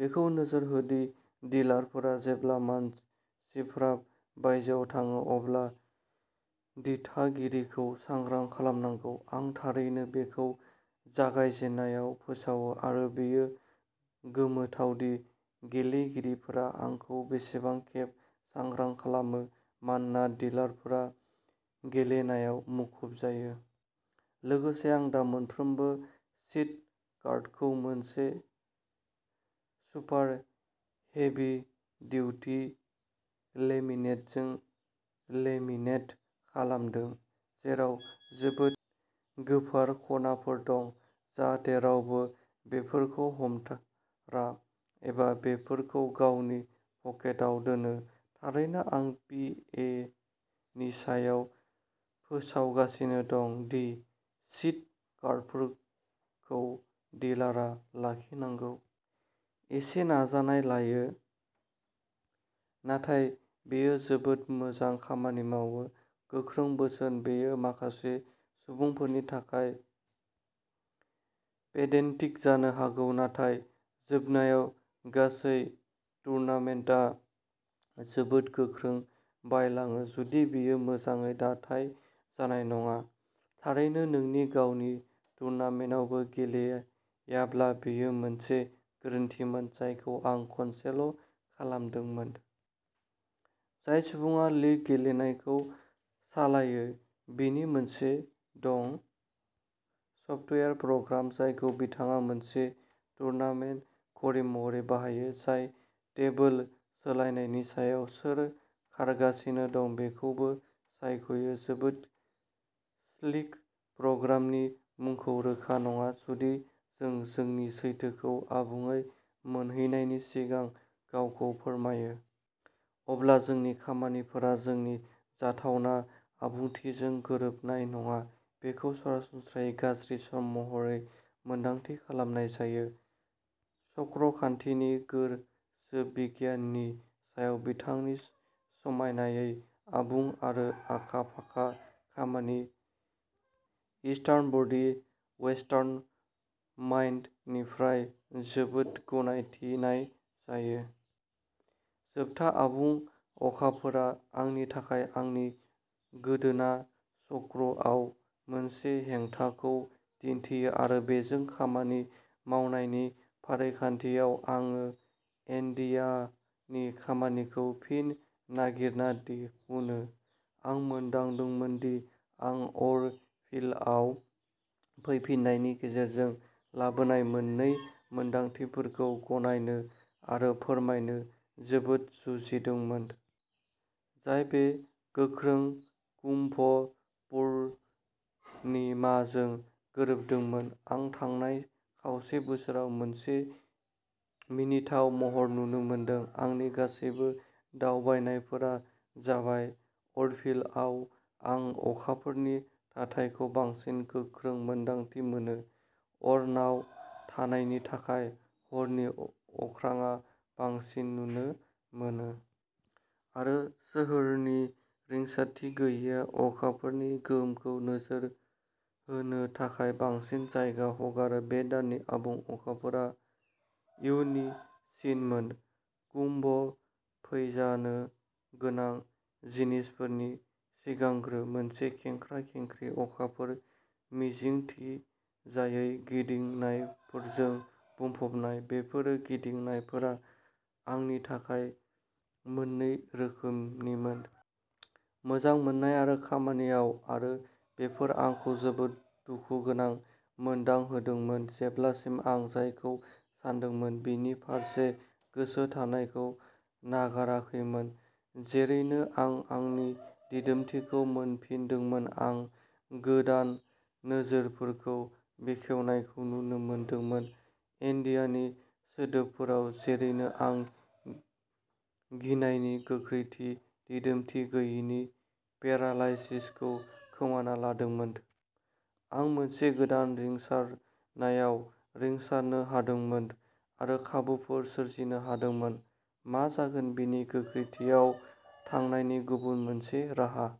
बेखौ नोजोर हो दि डिलारफोरा जेब्ला मानसिफ्रा बायजोआव थाङो अब्ला दिथागिरिखौ सांग्रां खालामनांगौ। आं थारैनो बेखौ जागायजेननायाव फोसावो आरो बेयो गोमोथाव दि गेलेगिरिफोरा आंखौ बेसेबां खेब सांग्रां खालामो मानोना डिलारफोरा गेलेनायाव मुखुब जायो। लोगोसे आं दा मोनफ्रोमबो सिट कार्डखौ मोनसे सुपार हेभि डिउटि लेमिनेटजों लेमिनेट खालामदों। जेराव जोबोद गोफार खनाफोर दं। जाहाथे रावबो बेफोरखौ हमथारा एबा बेफोरखौ गावनि पकेटाव दोनो। थारैनो आं पि ए नि सायाव फोसावगासिनो दं दि सिट कार्डफोरखौ डिलारआ लाखिनांगौ। एसे नाजानाय लायो। नाथाय बेयो जोबोद मोजां खामानि मावो। गोख्रों बोसोन। बेयो माखासे सुबुंफोरनि थाखाय पेडेन्टिक जानो हागौ नाथाय जोबनायाव गासै टुर्नामेन्टआ जोबोद गोख्रै बायलाङो जुदि बेयो मोजाङै दाथाइ जानाय नङा। थारैनो नोंनि गावनि टुर्नामेन्टआवबो गेलेयाब्ला बेयो मोनसे गोरोन्थिमोन जायखौ आं खनसेल' खालामनांदोंमोन। जाय सुबुङा लीग गेलेनायखौ सालायो। बिनि मोनसे दं। सफ्टवेयार प्रग्राम जायखौ बिथाङा मोनसे टुरनामेन्ट घरि महरै बाहायो। जाय टेबोल सोलायनायनि समाव सोर खारगासिनो दं बेखौबो सायख'यो। जोबोद स्लिक। प्रग्रामनि मुंखौ रोखा नङा। जुदि जों जोंनि सैथोखौ आबुङै मोनहैनायनि सिगां गावखौ फोरमायो। अब्ला जोंनि खामानिफोरा जोंनि जाथावना आबुंथिजों गोरोबनाय नङा। बेखौ सरासनस्रायै गाज्रि सम महरै मोन्दांथि खालामनाय जायो। चक्र खान्थिनि गोसोबिगियाननि सायाव बिथांनि समायनायै आबुं आरो आखा-फाखा खामानि इस्टार्न बडी, वेस्टार्न माइन्ड निफ्राय जोबोद गनायथिनाय जायो। जोबथा आबुं अखाफोरा आंनि थाखाय आंनि गोदोना चक्रआव मोनसे हेंथाखौ दिन्थियो आरो बेजों खामानि मावनायनि फारिखान्थियाव आं एन'डियानि खामानिखौ फिन नागिरना दिहुनो। आं मोनदांदोंमोन दि आं अर'भिलआव फैफिननायनि गेजेरजों लाबोनाय मोननै मोनदांथिफोरखौ गनायनो आरो फोरमायनो जोबोद जुजिदोंमोन। जाय बे गोख्रों कुम्भ पुर्णिमाजों गोरोबदोंमोन। आं थांनाय खावसे बोसोराव मोनसे मिनिथाव महर नुनो मोनदों। आंनि गासैबो दावबायनायफोरा जाबाय। अर'भिलआव आं अखाफोरनि थाथायखौ बांसिन गोख्रों मोन्दांथि मोनो। अरनाव थानायनि थाखाय हरनि अख्राङा बांसिन नुनो मोनो। आरो सोहोरनि रिंसारथि गैयैआ अखाफोरनि गोहोमखौ नोजोर होनो थाखाय बांसिन जायगा हगारो। बे दाननि आबुं अखाफोरा इयुननि सिनमोन। कुम्भ फैजानो गोनां जिनिसफोरनि सिगांग्रो। मोनसे खेंख्रा-खेंख्रि अखाफोर मिजिंथिजायै गिदिंनायफोरजों बुंफबनाय। बेफोर गिदिंनायफोरा आंनि थाखाय मोननै रोखोमनिमोन। मोजां मोननाय आरो खामानियाव। आरो बेफोर आंखौ जोबोद दुखुगोनां मोनदांहोदोंमोन जेब्लासिम आं जायखौ सानदोंमोन बिनि फारसे गोसो थानायखौ नागाराखैमोन। जेरैनो आं आंनि दिदोमथिखौ मोनफिनदोंमोन। आं गोदान नोजोरफोरखौ बेखेवनायखौ नुनो मोनदोंमोन। एन'डियानि सोदोबफोराव, जेरैनो आं गिनायनि गोख्रोंथि दिदोमथि गैयैनि पेरालाइसिसखौ खोमाना लादोंमोन। आं मोनसे गोदान रिंसारनायाव रिंसारनो हादोंमोन। आरो खाबुफोर सोरजिनो हादोंमोन। मा जागोन बिनि गोख्रैथियाव थांनायनि गुबुन मोनसे राहा।